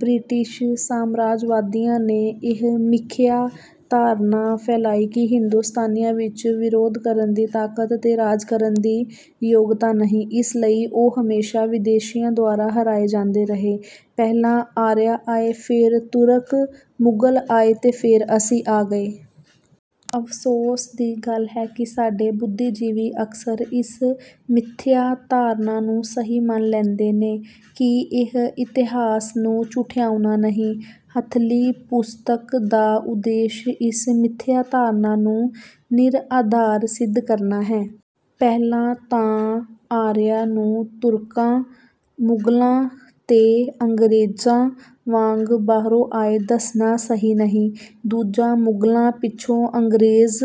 British ਸਾਮਰਾਜਵਾਦੀਆਂ ਨੇ ਇਹ ਮਿਖਿਆ ਧਾਰਨਾ ਫੈਲਾਈ ਕਿ ਹਿੰਦੁਸਤਾਨੀਆਂ ਵਿੱਚ ਵਿਰੋਧ ਕਰਨ ਦੀ ਤਾਕਤ ਤੇ ਰਾਜ ਕਰਨ ਦੀ ਯੋਗਤਾ ਨਹੀਂ, ਇਸ ਲਈ ਉਹ ਹਮੇਸ਼ਾ ਵਿਦੇਸ਼ੀਆਂ ਦੁਆਰਾ ਹਰਾਏ ਜਾਂਦੇ ਰਹੇ। ਪਹਿਲਾਂ ਆਰੀਆ ਆਏ, ਫੇਰ ਤੁਰਕ, ਮੁਗਲ ਆਏ ਤੇ ਫੇਰ ਅਸੀਂ ਆ ਗਏ। ਅਫ਼ਸੋਸ ਦੀ ਗੱਲ ਹੈ ਕਿ ਸਾਡੇ ਬੁੱਧੀਜੀਵੀ ਅਕਸਰ ਇਸ ਮਿਥਿਆ ਧਾਰਨਾ ਨੂੰ ਸਹੀ ਮੰਨ ਲੈਂਦੇ ਨੇ। ਕੀ ਇਹ ਇਤਿਹਾਸ ਨੂੰ ਝੁਠਿਆਉਣਾ ਨਹੀਂ? ਹੱਥਲੀ ਪੁਸਤਕ ਦਾ ਉਦੇਸ਼ ਇਸ ਮਿਥਿਆ ਧਾਰਨਾ ਨੂੰ ਨਿਰਆਧਾਰ ਸਿੱਧ ਕਰਨਾ ਹੈ। ਪਹਿਲਾਂ ਤਾਂ ਆਰੀਆਂ ਨੂੰ ਤੁਰਕਾਂ, ਮੁਗਲਾਂ ਤੇ ਅੰਗਰੇਜ਼ਾਂ ਵਾਂਗ ਬਾਹਰੋਂ ਆਏ ਦੱਸਣਾ ਸਹੀ ਨਹੀਂ। ਦੂਜਾ ਮੁਗਲਾਂ ਪਿੱਛੋਂ ਅੰਗਰੇਜ਼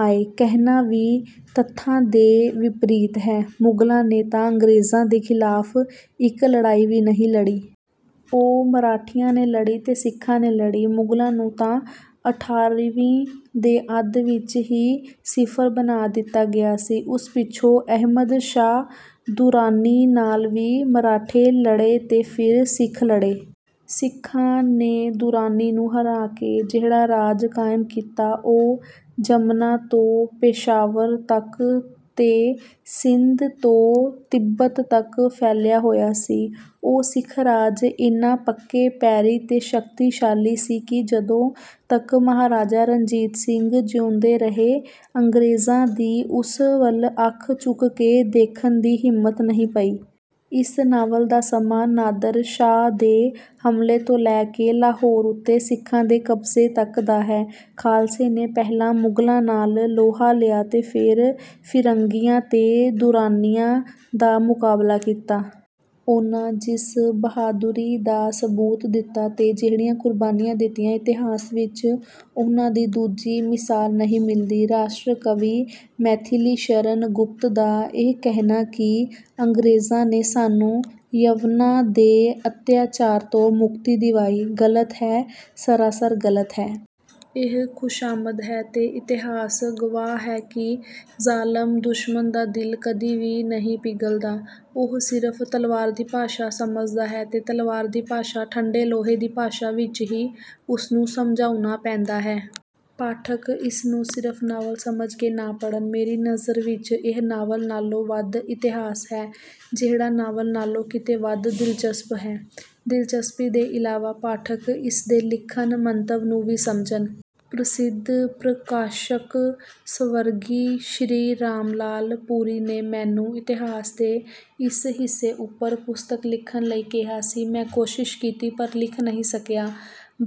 ਆਏ, ਕਹਿਣਾ ਵੀ ਤੱਥਾਂ ਦੇ ਵਿਪਰੀਤ ਹੈ। ਮੁਗਲਾਂ ਨੇ ਤਾਂ ਅੰਗਰੇਜ਼ਾਂ ਦੇ ਖ਼ਿਲਾਫ਼ ਇੱਕ ਲੜਾਈ ਵੀ ਨਹੀਂ ਲੜੀ। ਉਹ ਮਰਾਠਿਆਂ ਨੇ ਲੜੀ ਤੇ ਸਿੱਖਾਂ ਨੇ ਲੜੀ। ਮੁਗਲਾਂ ਨੂੰ ਤਾਂ ਅਠਾਰਵੀਂ ਦੇ ਅੱਧ ਵਿੱਚ ਹੀ ਸਿਫਰ ਬਣਾ ਦਿੱਤਾ ਗਿਆ ਸੀ। ਉਸ ਪਿੱਛੋਂ ਅਹਿਮਦ ਸ਼ਾਹ ਦੁਰਾਨੀ ਨਾਲ ਵੀ ਮਰਾਠੇ ਲੜੇ ਤੇ ਫੇਰ ਸਿੱਖ ਲੜੇ। ਸਿੱਖਾਂ ਨੇ ਦੁਰਾਨੀ ਨੂੰ ਹਰਾ ਕੇ ਜਿਹੜਾ ਰਾਜ ਕਾਇਮ ਕੀਤਾ, ਉਹ ਜਮਨਾ ਤੋਂ ਪੇਸ਼ਾਵਰ ਤਕ ਤੇ ਸਿੰਧ ਤੋਂ ਤਿੱਬਤ ਤਕ ਫੈਲਿਆ ਹੋਇਆ ਸੀ। ਉਹ ਸਿੱਖ ਰਾਜ ਇੰਨਾ ਪੱਕੇ-ਪੈਰੀਂ ਤੇ ਸ਼ਕਤੀ-ਸ਼ਾਲੀ ਸੀ ਕਿ ਜਦੋਂ ਤਕ ਮਹਾਰਾਜਾ ਰਣਜੀਤ ਸਿੰਘ ਜਿਊਂਦੇ ਰਹੇ, ਅੰਗਰੇਜ਼ਾਂ ਦੀ ਉਸ ਵੱਲ ਅੱਖ ਚੁੱਕ ਕੇ ਦੇਖਣ ਦੀ ਹਿੰਮਤ ਨਹੀਂ ਪਈ। ਇਸ ਨਾਵਲ ਦਾ ਸਮਾਂ ਨਾਦਰ ਸ਼ਾਹ ਦੇ ਹਮਲੇ ਤੋਂ ਲੈ ਕੇ ਲਾਹੌਰ ਉੱਤੇ ਸਿੱਖਾਂ ਦੇ ਕਬਜ਼ੇ ਤਕ ਦਾ ਹੈ। ਖਾਲਸੇ ਨੇ ਪਹਿਲਾਂ ਮੁਗਲਾਂ ਨਾਲ ਲੋਹਾ ਲਿਆ ਤੇ ਫੇਰ ਫਿਰੰਗੀਆਂ ਤੇ ਦੁਰਾਨੀਆਂ ਦਾ ਮੁਕਾਬਲਾ ਕੀਤਾ। ਉਹਨਾਂ ਜਿਸ ਬਹਾਦੁਰੀ ਦਾ ਸਬੂਤ ਦਿੱਤਾ ਤੇ ਜਿਹੜੀਆਂ ਕੁਰਬਾਨੀਆਂ ਦਿੱਤੀਆਂ, ਇਤਿਹਾਸ ਵਿੱਚ ਉਹਨਾਂ ਦੀ ਦੂਜੀ ਮਿਸਾਲ ਨਹੀਂ ਮਿਲਦੀ। 'ਰਾਸ਼ਟਰ ਕਵੀ' ਮੈਥਿਲੀਸ਼ਰਣ ਗੁਪਤ ਦਾ ਇਹ ਕਹਿਣਾ ਕਿ ਅੰਗਰੇਜ਼ਾਂ ਨੇ ਸਾਨੂੰ ਯਵਨਾਂ ਦੇ ਅਤਿਆਚਾਰ ਤੋਂ ਮੁਕਤੀ ਦਿਵਾਈ, ਗਲਤ ਹੈ, ਸਰਾਸਰ ਗਲਤ ਹੈ। ਇਹ ਖੁਸ਼ਾਮਦ ਹੈ। ਤੇ ਇਤਿਹਾਸ ਗਵਾਹ ਹੈ ਕਿ ਜ਼ਾਲਮ ਦੁਸ਼ਮਨ ਦਾ ਦਿਲ ਕਦੀ ਵੀ ਨਹੀਂ ਪਿਘਲਦਾ। ਉਹ ਸਿਰਫ ਤਲਵਾਰ ਦੀ ਭਾਸ਼ਾ ਸਮਝਦਾ ਹੈ ਤੇ ਤਲਵਾਰ ਦੀ ਭਾਸ਼ਾ, ਠੰਡੇ ਲੋਹੇ ਦੀ ਭਾਸ਼ਾ, ਵਿੱਚ ਹੀ ਉਸਨੂੰ ਸਮਝਾਉਣਾ ਪੈਂਦਾ ਹੈ। ਪਾਠਕ ਇਸ ਨੂੰ ਸਿਰਫ ਨਾਵਲ ਸਮਝ ਕੇ ਨਾ ਪੜ੍ਹਨ। ਮੇਰੀ ਨਜ਼ਰ ਵਿੱਚ ਇਹ ਨਾਵਲ ਨਾਲੋਂ ਵੱਧ ਇਤਿਹਾਸ ਹੈ, ਜਿਹੜਾ ਨਾਵਲ ਨਾਲੋਂ ਕਿਤੇ ਵੱਧ ਦਿਲਚਸਪ ਹੈ। ਦਿਲਚਸਪੀ ਦੇ ਇਲਾਵਾ ਪਾਠਕ ਇਸ ਦੇ ਲਿਖਣ-ਮੰਤਵ ਨੂੰ ਵੀ ਸਮਝਣ। ਪ੍ਰਸਿੱਧ ਪ੍ਰਕਾਸ਼ਕ ਸਵਰਗੀ ਸ਼੍ਰੀ ਰਾਮਲਾਲ ਪੁਰੀ ਨੇ ਮੈਨੂੰ ਇਤਿਹਾਸ ਦੇ ਇਸ ਹਿੱਸੇ ਉੱਪਰ ਪੁਸਤਕ ਲਿਖਣ ਲਈ ਕਿਹਾ ਸੀ। ਮੈਂ ਕੋਸ਼ਿਸ਼ ਕੀਤੀ, ਪਰ ਲਿਖ ਨਹੀਂ ਸਕਿਆ।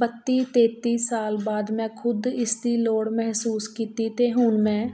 ਬੱਤੀ-ਤੇਤੀ ਸਾਲ ਬਾਅਦ ਮੈਂ ਖ਼ੁਦ ਇਸ ਦੀ ਲੋੜ ਮਹਿਸੂਸ ਕੀਤੀ ਤੇ ਹੁਣ ਮੈਂ